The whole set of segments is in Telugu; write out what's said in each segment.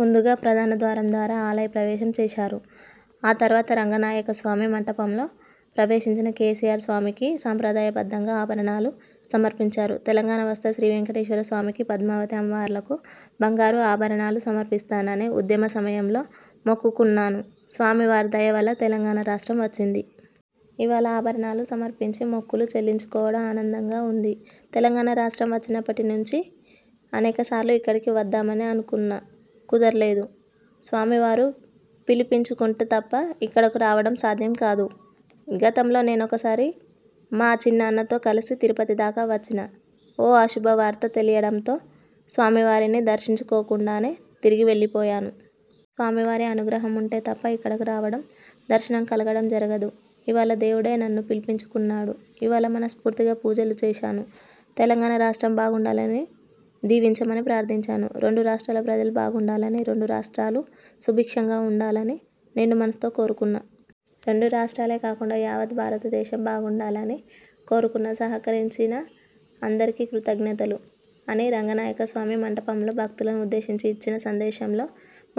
ముందుగా, ప్రధాన ద్వారం ద్వారా ఆలయ ప్రవేశం చేశారు. ఆ తరువాత రంగనాయకస్వామి మంటపంలో ప్రవేశించిన కేసీఆర్ స్వామికి సాంప్రదాయ బద్ధంగా ఆభరణాలు సమర్పించారు. ''తెలంగాణ వస్తే శ్రీ వెంకటేశ్వరస్వామికి, పద్మావతి అమ్మవార్లకు బంగారు ఆభరణాలు సమర్పిస్తానని ఉద్యమ సమయంలో మొక్కుకున్నాను. స్వామి వారి దయవల్ల తెలంగాణ రాష్ట్రం వచ్చింది. ఇవాళ ఆభరణాలు సమర్పించి మొక్కులు చెల్లించుకోవడం ఆనందంగా ఉంది. తెలంగాణ రాష్ట్రం వచ్చినప్పటి నుంచి అనేక సార్లు ఇక్కడికి వద్దామని అనుకున్నా కుదరలేదు. స్వామి వారు పిలిపించుకుంటే తప్ప ఇక్కడకు రావడం సాధ్యం కాదు. గతంలో నేనొకసారి మా చిన్నాన్నతో కలిసి తిరుపతి దాకా వచ్చినా ఓ అశుభవార్త తెలియడంతో స్వామి వారిని దర్శించుకోకుండానే తిరిగి వెల్లిపోయాను. స్వామి వారి అనుగ్రహం ఉంటే తప్ప ఇక్కడకు రావడం, దర్శనం కలగడం జరగదు. ఇవాళ దేవుడే నన్ను పిలిపించుకున్నాడు. ఇవాళ మనస్ఫూర్తిగా పూజలు చేశాను. తెలంగాణ రాష్ట్రం బాగుండాలని దీవించమని ప్రార్థించాను. రెండు రాష్ట్రాల ప్రజలు బాగుండాలని, రెండు రాష్ట్రాలు సుభిక్షంగా ఉండాలని నిండు మనసుతో కోరుకున్నా. రెండు రాష్ట్రాలే కాకుండా యావత్ భారతదేశం బాగుండాలని కోరుకున్నా. సహకరించిన అందరికీ కృతజ్ఙతలు. '' అని రంగనాయక స్వామి మంటపంలో భక్తులను ఉద్దేశించి ఇచ్చిన సందేశంలో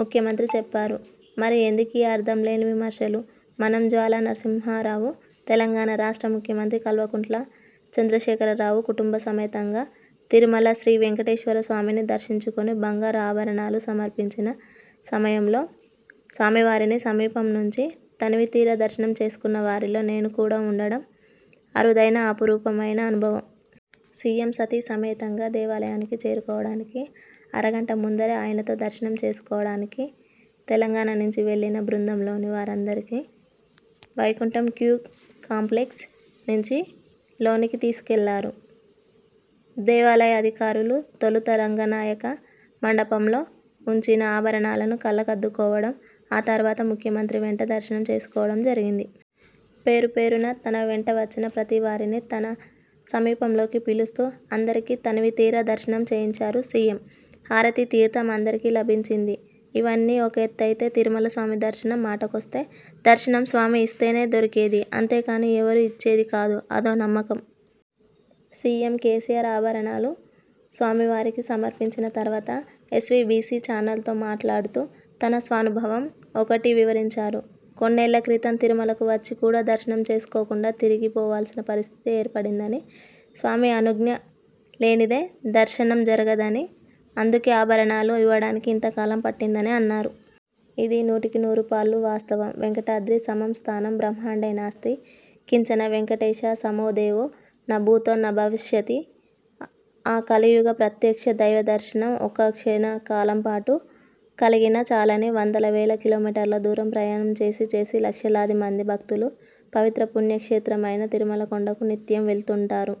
ముఖ్యమంత్రి చెప్పారు. మరి ఎందుకీ అర్థం లేని విమర్శలు? వనం జ్వాలానరసింహారావు తెలంగాణ రాష్ట్ర ముఖ్యమంత్రి కల్వకుంట్ల చంద్రశేఖర రావు కుటుంబ సమేతంగా తిరుమల శ్రీ వేంకటేశ్వర స్వామిని దర్శించుకుని బంగారు ఆభరణాలు సమర్పించిన సమయంలో స్వామివారిని సమీపం నుంచి తనివి తీరా దర్శనం చేసుకున్న వారిలో నేను కూడా వుండడం అరుదైన, అపురూపమైన అనుభవం. సీఎం సతీ సమేతంగా దేవాలయానికి చేరుకోవడానికి అర గంట ముందరే ఆయనతో దర్శనం చేసుకోవడానికి తెలంగాణ నుంచి వెళ్ళిన బృందంలోని వారందరినీ వైకుంఠం క్యూ కాంప్లెక్స్ నుంచి లోనికి తీసుకెళ్లారు దేవాలయాధికారులు. తొలుత రంగనాయక మండపంలో వుంచిన ఆభరణాలను కళ్లకద్దుకోవడం, ఆ తరువాత ముఖ్యమంత్రి వెంట దర్శనం చేసుకోవడం జరిగింది. పేరుపేరునా తన వెంట వచ్చిన ప్రతివారినీ తన సమీపంలోకి పిలుస్తూ, అందరికీ తనివితీరా దర్శనం చేయించారు సీఎం. హారతీ, తీర్థం అందరికీ లభించింది. ఇవన్నీ ఒక ఎత్తైతే తిరుమల స్వామి దర్శనం మాటకొస్తే ''దర్శనం స్వామి ఇస్తేనే దొరికేది'' అంతేకానీ ఎవరూ ఇచ్చేది కాదు. అదో నమ్మకం. సీఎం కేసీఆర్ ఆభరణాలు స్వామివారికి సమర్పించిన తరువాత ఎస్వీబీసీ ఛానల్తో మాట్లాడుతూ తన స్వానుభవం ఒకటి వివరించారు. కొన్నేళ్ల క్రితం తిరుమలకు వచ్చి కూడా, దర్శనం చేసుకోకుండా తిరిగి పోవాల్సిన పరిస్థితి ఏర్పడిందని, స్వామి అనుజ్ఞ లేనిదే దర్శనం జరగదని, అందుకే ఆభరణాలు ఇవ్వడానికి ఇంత కాలం పట్టిందనీ, అన్నారు. ఇది నూటికి నూరు పాళ్లు వాస్తవం. ''వేంకటాద్రి సమం స్థానం బ్రహ్మాండే నాస్తి కించన, వేంకటేశ సమోదేవో న భూతో న భవిష్యతి''. ఆ కలియుగ ప్రత్యక్ష దైవ దర్శనం ఒక్క క్షణ కాలంపాటు కలిగినా చాలని, వందల వేల కిలోమీటర్ల దూరం ప్రయాణం చేసి చేసి, లక్షలాది మంది భక్తులు, పవిత్ర పుణ్య క్షేత్రమైన తిరుమల కొండకు నిత్యం వెళుతుంటారు.